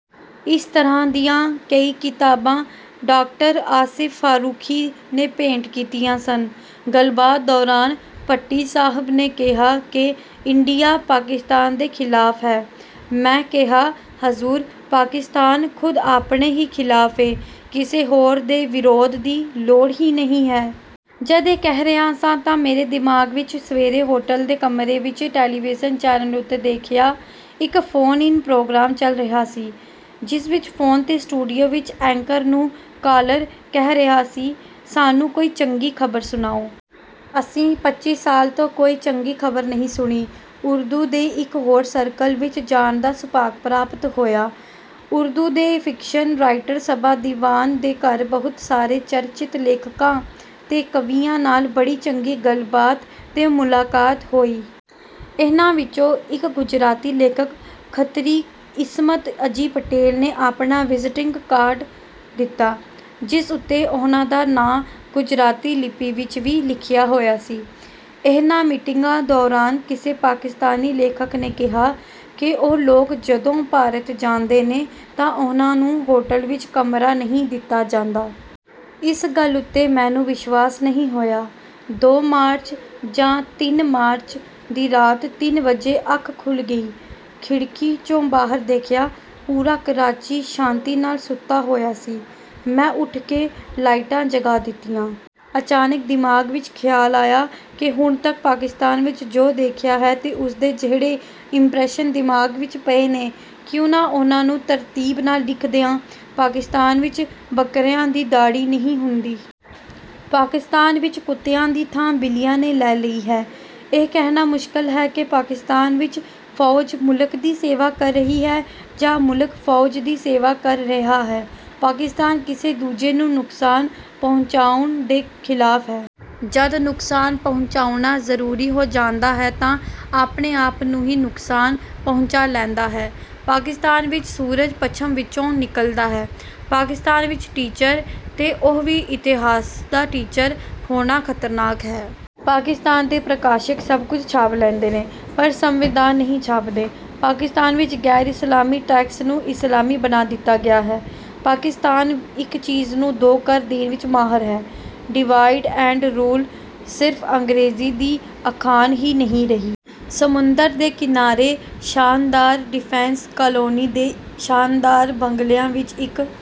ਇਸ ਤਰ੍ਹਾਂ ਦੀਆਂ ਕਈ ਕਿਤਾਬਾਂ ਡਾਕਟਰ ਆਸਿਫ ਫ਼ਾਰੂਖੀ ਨੇ ਭੇਂਟ ਕੀਤੀਆਂ ਸਨ। ਗੱਲਬਾਤ ਦੌਰਾਨ ਭੱਟੀ ਸਾਹਬ ਨੇ ਕਿਹਾ ਕਿ ਇੰਡੀਆ ਪਾਕਿਸਤਾਨ ਦੇ ਖ਼ਿਲਾਫ਼ ਹੈ। ਮੈਂ ਕਿਹਾ, "ਹਜ਼ੂਰ, ਪਾਕਿਸਤਾਨ ਖ਼ੁਦ ਆਪਣੇ ਹੀ ਖ਼ਿਲਾਫ਼ ਏ, ਕਿਸੇ ਹੋਰ ਦੇ ਵਿਰੋਧ ਦੀ ਲੋੜ ਹੀ ਨਹੀਂ ਹੈ।" ਜਦ ਇਹ ਕਹਿ ਰਿਹਾ ਸਾਂ ਤਾਂ ਮੇਰੇ ਦਿਮਾਗ਼ ਵਿਚ ਸਵੇਰੇ ਹੋਟਲ ਦੇ ਕਮਰੇ ਵਿਚ ਟੈਲੀਵੀਜ਼ਨ ਚੈਨਲ ਉੱਤੇ ਦੇਖਿਆ ਇਕ ਫ਼ੋਨ-ਇਨ ਪ੍ਰੋਗਰਾਮ ਚੱਲ ਰਿਹਾ ਸੀ, ਜਿਸ ਵਿਚ ਫ਼ੋਨ 'ਤੇ ਸਟੂਡੀਓ ਵਿਚ 'ਐਂਕਰ' ਨੂੰ 'ਕਾਲਰ' ਕਹਿ ਰਿਹਾ ਸੀ, "ਸਾਨੂੰ ਕੋਈ ਚੰਗੀ ਖ਼ਬਰ ਸੁਣਾਓ... ਅਸੀਂ ਪੱਚੀ ਸਾਲ ਤੋਂ ਕੋਈ ਚੰਗੀ ਖ਼ਬਰ ਨਹੀਂ ਸੁਣੀ।" ਉਰਦੂ ਦੇ ਇਕ ਹੋਰ ਸਰਕਲ ਵਿਚ ਜਾਣ ਦਾ ਸੁਭਾਗ ਪ੍ਰਾਪਤ ਹੋਇਆ। ਉਰਦੂ ਦੇ ਫਿਕਸ਼ਨ ਰਾਈਟਰ ਸਬਾ ਦੀਵਾਨ ਦੇ ਘਰ ਬਹੁਤ ਸਾਰੇ ਚਰਚਿਤ ਲੇਖਕਾਂ ਤੇ ਕਵੀਆਂ ਨਾਲ ਬੜੀ ਚੰਗੀ ਗੱਲਬਾਤ ਤੇ ਮੁਲਾਕਾਤ ਹੋਈ। ਇਹਨਾਂ ਵਿਚੋਂ ਇਕ ਗੁਜਰਾਤੀ ਲੇਖਕ, ਖੱਤਰੀ ਇਸਮਤ ਅਜੀ ਪਟੇਲ, ਨੇ ਆਪਣਾ ਵਿਜ਼ਿਟਿੰਗ ਕਾਰਡ ਦਿੱਤਾ, ਜਿਸ ਉੱਤੇ ਉਹਨਾਂ ਦਾ ਨਾਂ ਗੁਜਰਾਤੀ ਲਿੱਪੀ ਵਿਚ ਵੀ ਲਿਖਿਆ ਹੋਇਆ ਸੀ। ਇਹਨਾਂ ਮੀਟਿੰਗਾਂ ਦੌਰਾਨ ਕਿਸੇ ਪਾਕਿਸਤਾਨੀ ਲੇਖਕ ਨੇ ਕਿਹਾ ਕਿ ਉਹ ਲੋਕ ਜਦੋਂ ਭਾਰਤ ਜਾਂਦੇ ਨੇ ਤਾਂ ਉਹਨਾਂ ਨੂੰ ਹੋਟਲ ਵਿਚ ਕਮਰਾ ਨਹੀਂ ਦਿੱਤਾ ਜਾਂਦਾ। ਇਸ ਗੱਲ ਉੱਤੇ ਮੈਨੂੰ ਵਿਸ਼ਵਾਸ ਨਹੀਂ ਹੋਇਆ। ਦੋ ਮਾਰਚ, ਜਾਂ ਤਿੰਨ ਮਾਰਚ, ਦੀ ਰਾਤ ਤਿੰਨ ਵਜੇ ਅੱਖ ਖੁੱਲ੍ਹ ਗਈ। ਖਿੜਕੀ 'ਚੋਂ ਬਾਹਰ ਦੇਖਿਆ। ਪੂਰਾ ਕਰਾਚੀ ਸ਼ਾਂਤੀ ਨਾਲ ਸੁੱਤਾ ਹੋਇਆ ਸੀ। ਮੈਂ ਉੱਠ ਕੇ ਲਾਈਟਾਂ ਜਗਾ ਦਿੱਤੀਆਂ। ਅਚਾਨਕ ਦਿਮਾਗ਼ ਵਿਚ ਖ਼ਿਆਲ ਆਇਆ ਕਿ ਹੁਣ ਤੱਕ ਪਾਕਿਸਤਾਨ ਵਿਚ ਜੋ ਦੇਖਿਆ ਹੈ ਤੇ ਉਸਦੇ ਜਿਹੜੇ 'ਇੰਪ੍ਰੈਸ਼ਨ' ਦਿਮਾਗ਼ ਵਿਚ ਪਏ ਨੇ, ਕਿਉਂ ਨਾ ਉਹਨਾਂ ਨੂੰ ਤਰਤੀਬ ਨਾਲ ਲਿਖ ਦਿਆਂ... ਪਾਕਿਸਤਾਨ ਵਿਚ ਬਕਰਿਆਂ ਦੀ ਦਾੜ੍ਹੀ ਨਹੀਂ ਹੁੰਦੀ।... ਪਾਕਿਸਤਾਨ ਵਿਚ ਕੁੱਤਿਆਂ ਦੀ ਥਾਂ ਬਿੱਲੀਆਂ ਨੇ ਲੈ ਲਈ ਹੈ।... ਇਹ ਕਹਿਣਾ ਮੁਸ਼ਕਲ ਹੈ ਕਿ ਪਾਕਿਸਤਾਨ ਵਿਚ ਫੌਜ ਮੁਲਕ ਦੀ ਸੇਵਾ ਕਰ ਰਹੀ ਹੈ ਜਾਂ ਮੁਲਕ ਫੌਜ ਦੀ ਸੇਵਾ ਕਰ ਰਿਹਾ ਹੈ।... ਪਾਕਿਸਤਾਨ ਕਿਸੇ ਦੂਜੇ ਨੂੰ ਨੁਕਸਾਨ ਪਹੁੰਚਾਉਣ ਦੇ ਖ਼ਿਲਾਫ਼ ਹੈ। ਜਦ ਨੁਕਸਾਨ ਪਹੁੰਚਾਉਣਾ ਜ਼ਰੂਰੀ ਹੋ ਜਾਂਦਾ ਹੈ ਤਾਂ ਆਪਣੇ ਆਪ ਨੂੰ ਹੀ ਨੁਕਸਾਨ ਪਹੁੰਚਾ ਲੈਂਦਾ ਹੈ।... ਪਾਕਿਸਤਾਨ ਵਿਚ ਸੂਰਜ ਪੱਛਮ ਵਿਚੋਂ ਨਿਕਲਦਾ ਹੈ।... ਪਾਕਿਸਤਾਨ ਵਿਚ ਟੀਚਰ, ਤੇ ਉਹ ਵੀ ਇਤਿਹਾਸ ਦਾ ਟੀਚਰ, ਹੋਣਾ ਖ਼ਤਰਨਾਕ ਹੈ।... ਪਾਕਿਸਤਾਨ ਦੇ ਪ੍ਰਕਾਸ਼ਕ ਸਭ ਕੁਝ ਛਾਪ ਲੈਂਦੇ ਨੇ, ਪਰ ਸੰਵਿਧਾਨ ਨਹੀਂ ਛਾਪਦੇ।... ਪਾਕਿਸਤਾਨ ਵਿਚ ਗ਼ੈਰ-ਇਸਲਾਮੀ ਟੈਕਸ ਨੂੰ ਇਸਲਾਮੀ ਬਣਾ ਦਿੱਤਾ ਗਿਆ ਹੈ।... ਪਾਕਿਸਤਾਨ ਇਕ ਚੀਜ਼ ਨੂੰ ਦੋ ਕਰ ਦੇਣ ਵਿਚ ਮਾਹਰ ਹੈ। 'ਡਿਵਾਈਡ ਐਂਡ ਰੂਲ' ਸਿਰਫ਼ ਅੰਗਰੇਜ਼ੀ ਦੀ ਅਖਾਣ ਹੀ ਨਹੀਂ ਰਹੀ। ਸਮੁੰਦਰ ਦੇ ਕਿਨਾਰੇ ਸ਼ਾਨਦਾਰ ਡਿਫੈਂਸ ਕਾਲੋਨੀ ਦੇ ਸ਼ਾਨਦਾਰ ਬੰਗਲਿਆਂ ਵਿਚ ਇਕ...